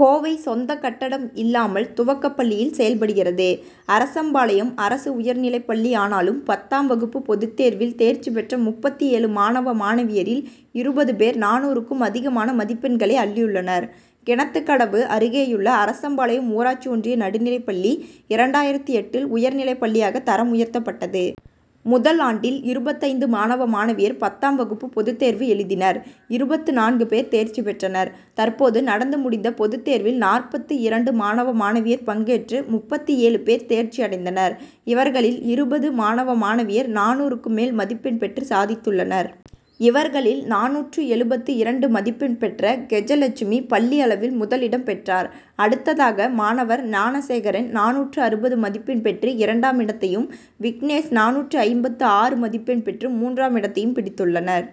கோவை சொந்த கட்டடம் இல்லாமல் துவக்கப்பள்ளியில் செயல்படுகிறது, அரசம்பாளையம் அரசு உயர் நிலைப்பள்ளி. ஆனாலும், பத்தாம் வகுப்பு பொதுத்தேர்வில் தேர்ச்சி பெற்ற முப்பத்து ஏழு மாணவ, மாணவியரில் இருபது பேர் நானூறுக்கும் அதிகமான மதிப்பெண்களை அள்ளியுள்ளனர். கிணத்துக்கடவு அருகேயுள்ளஅரசம்பாளையம் ஊராட்சி ஒன்றிய நடுநிலைப்பள்ளி, இரண்டாயிரத்து எட்டில் உயர் நிலைப்பள்ளியாக தரம் உயர்த்தப்பட்டது. முதல் ஆண்டில் இருபத்தைந்து மாணவ, மாணவியர் பத்தாம் வகுப்பு பொதுத்தேர்வு எழுதினர் இருபத்து நான்கு பேர் தேர்ச்சி பெற்றனர். தற்போது நடந்து முடிந்த பொதுத்தேர்வில் நாற்பத்து இரண்டு மாணவ, மாணவியர் பங்கேற்று முப்பத்து ஏழு பேர் தேர்ச்சி அடைந்தனர். இவர்களில் இருபது மாணவ, மாணவியர் நானூறுக்கு மேல் மதிப்பெண் பெற்று சாதித்துள்ளனர். இவர்களில் நானூற்று எழுபத்து இரண்டு மதிப்பெண் பெற்ற கெஜலட்சுமி பள்ளி அளவில் முதல் இடம் பெற்றார். அடுத்ததாக, மாணவர் ஞானசேகரன் நானூற்று அறுபது மதிப்பெண் பெற்று இரண்டாம் இடத்தையும், விக்னேஷ் நானூற்று ஐம்பத்து ஆறு மதிப்பெண் பெற்று மூன்றாம் இடத்தையும் பிடித்துள்ளனர்.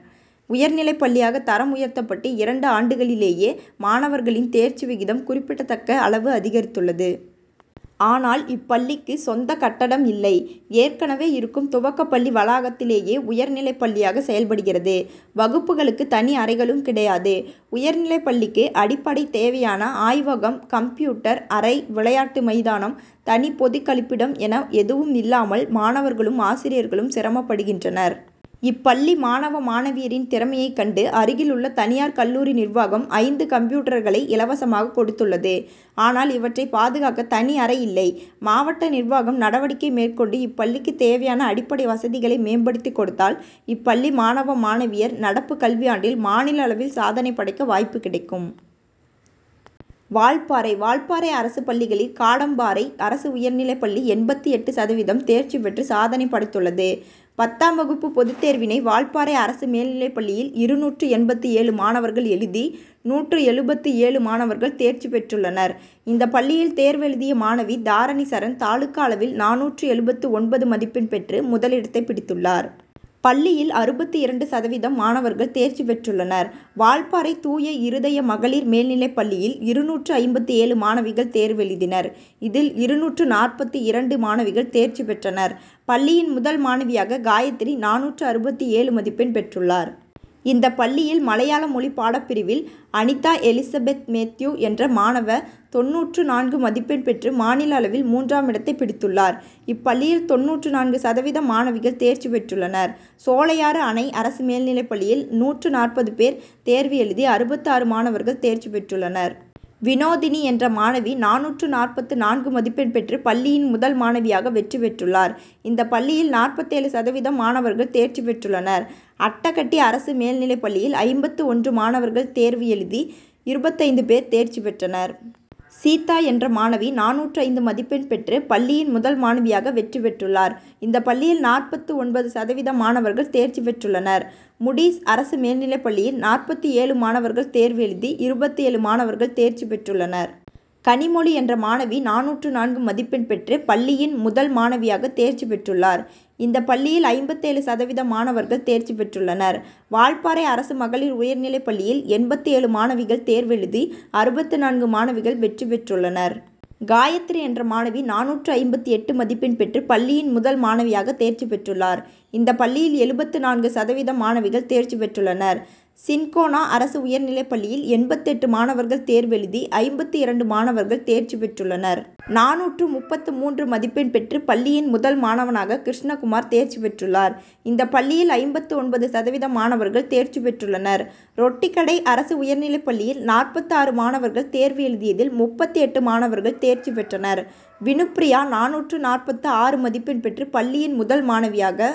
உயர்நிலைப்பள்ளியாக தரம் உயர்த்தப்பட்டு இரண்டு ஆண்டுகளிலேயே மாணவர்களின் தேர்ச்சி விகிதம் குறிப்பிடத்தக்க அளவு அதிகரித்துள்ளது. ஆனால், இப்பள்ளிக்கு சொந்த கட்டடம் இல்லை. ஏற்கனவே இருக்கும் துவக்கப்பள்ளி வளாகத்திலேயே உயர்நிலைப்பள்ளியாக செயல்படுகிறது. வகுப்புகளுக்கு தனி அறைகளும் கிடையாது. உயர்நிலைப்பள்ளிக்கு அடிப் படை தேவையான ஆய்வகம், கம்ப் யூட்டர் அறை, விளையாட்டு மைதானம், தனி பொதுக்கழிப்பிடம் என எதுவும் இல்லாமல் மாணவர்களும், ஆசிரியர்களும் சிரமப்படுகின்றனர். இப்பள்ளி மாணவ, மாணவியரின் திறமையைக் கண்டு, அருகில் உள்ள தனியார் கல்லூரி நிர்வாகம் ஐந்து கம்ப்யூட்டர்களை இலவசமாக கொடுத்துள்ளது. ஆனால், இவற்றை பாதுகாக்க தனி அறை இல்லை. மாவட்ட நிர்வாகம் நடவடிக்கை மேற்கொண்டு இப்பள்ளிக்கு தேவையான அடிப்படை வசதிகளை மேம்படுத்தி கொடுத்தால், இப்பள்ளி மாணவ, மாணவியர் நடப்பு கல்வியாண்டில் மாநில அளவில் சாதனை படைக்க வாய்ப்பு கிடைக்கும். வால்பாறை வால்பாறை அரசு பள்ளிகளில், காடம்பாறை அரசு உயர்நிலைப்பள்ளி எண்பத்து எட்டு சதவீதம் தேர்ச்சி பெற்று சாதனை படைத்துள்ளது. பத்தாம் வகுப்பு பொது தேர்வினை வால்பாறை அரசு மேல்நிலைப்பள்ளியில் இருநூற்று எண்பத்து ஏழு மாணவர்கள் எழுதி, நூற்று எழுபத்து ஏழு மாணவர்கள் தேர்ச்சி பெற்றுள்ளனர். இந்த பள்ளியில் தேர்வு எழுதிய மாணவி தாரணிசரண் தாலுகா அளவில் நானூற்று எழுபத்து ஒன்பது மதிப்பெண் பெற்று முதலிடத்தை பிடித்துள்ளார். பள்ளியில் அறுபத்து இரண்டு சதவீதம் மாணவர்கள் தேர்ச்சி பெற்றுள்ளனர். வால்பாறை தூய இருதய மகளிர் மேல்நிலைப்பள்ளியில் இருநூற்று ஐம்பத்து ஏழு மாணவிகள் தேர்வு எழுதினர். இதில் இருநூற்று நாற்பத்து இரண்டு மாணவிகள் தேர்ச்சி பெற்றனர். பள்ளியின் முதல் மாணவியாக காயத்ரி நானூற்று அறுபத்து ஏழு மதிப்பெண் பெற்றுள்ளார். இந்த பள்ளியில் மலையாள மொழிப்பாடப்பிரிவில் அனிதாஎலிசபெத்மேத்யூ என்ற மாணவ, தொண்ணூற்று நான்கு மதிப்பெண் பெற்று மாநில அளவில் மூன்றாமிடத்தை பிடித்துள்ளார். இப்பள்ளியில் தொண்ணூற்று நான்கு சதவீதம் மாணவிகள் தேர்ச்சி பெற்றுள்ளனர். சோலையாறு அணை அரசு மேல்நிலைப்பள்ளியில் நூற்று நாற்பது பேர் தேர்வு எழுதி அறுபத்து ஆறு மாணவர்கள் தேர்ச்சி பெற்றுள்ளனர். விநோதினி என்ற மாணவி நானூற்று நாற்பத்து நான்கு மதிப்பெண் பெற்று பள்ளியின் முதல் மாணவியாக வெற்றி பெற்றுள்ளார். இந்த பள்ளியில் நாற்பத்து ஏழு சதவீதம் மாணவர்கள் தேர்ச்சி பெற்றுள்ளனர். அட்டகட்டி அரசு மேல்நிலைப்பள்ளியில் ஐம்பத்து ஒன்று மாணவர்கள் தேர்வு எழுதி, இருபத்தைந்து பேர் தேர்ச்சி பெற்றனர். சீதா என்ற மாணவி நானூற்று ஐந்து மதிப்பெண் பெற்று பள்ளியின் முதல் மாணவியாக வெற்றி பெற்றுள்ளார். இந்த பள்ளியில் நாற்பத்து ஒன்பது சதவீதம் மாணவர்கள் தேர்ச்சி பெற்றுள்ளனர். முடீஸ் அரசு மேல்நிலைப்பள்ளியில் நாற்பத்து ஏழு மாணவர்கள் தேர்வு எழுதி, இருபத்து ஏழு மாணவர்கள் தேர்ச்சி பெற்றுள்ளனர். கனிமொழி என்ற மாணவி நானூற்று நான்கு மதிப்பெண் பெற்று பள்ளியின் முதல் மாணவியாக தேர்ச்சி பெற்றுள்ளார். இந்த பள்ளியில் ஐம்பத்து ஏழு சதவீதம் மாணவர்கள் தேர்ச்சி பெற்றுள்ளனர். வால்பாறை அரசு மகளிர் உயர்நிலைப்பள்ளியில் எண்பத்து ஏழு மாணவிகள் தேர்வு எழுதி, அறுபத்து நான்கு மாணவிகள் வெற்றி பெற்றுள்ளனர். காயத்ரி என்ற மாணவி நானூற்று ஐம்பத்து எட்டு மதிப்பெண் பெற்று பள்ளியின் முதல் மாணவியாக தேர்ச்சி பெற்றுள்ளார். இந்த பள்ளியில் எழுபத்து நான்கு சதவீதம் மாணவிகள் தேர்ச்சி பெற்றுள்ளனர். சின்கோனா அரசு உயர்நிலைப்பள்ளியில் எண்பத்து எட்டு மாணவர்கள் தேர்வு எழுதி ஐம்பத்து இரண்டு மாணவர்கள் தேர்ச்சி பெற்றுள்ளனர். நானூற்று முப்பத்து மூன்று மதிப்பெண் பெற்று பள்ளியின் முதல் மாணவனாக கிருஷ்ணகுமார் தேர்ச்சி பெற்றுள்ளார். இந்த பள்ளியில் ஐம்பத்து ஒன்பது சதவீதம் மாணவர்கள் தேர்ச்சி பெற்றுள்ளனர். ரொட்டிக்கடை அரசு உயர்நிலைப்பள்ளியில் நாற்பத்து ஆறு மாணவர்கள் தேர்வு எழுதியதில் முப்பத்து எட்டு மாணவர்கள் தேர்ச்சி பெற்றனர். வினுப்பிரியா நானூற்று நாற்பத்து ஆறு மதிப்பெண் பெற்று பள்ளியின் முதல் மாணவியாக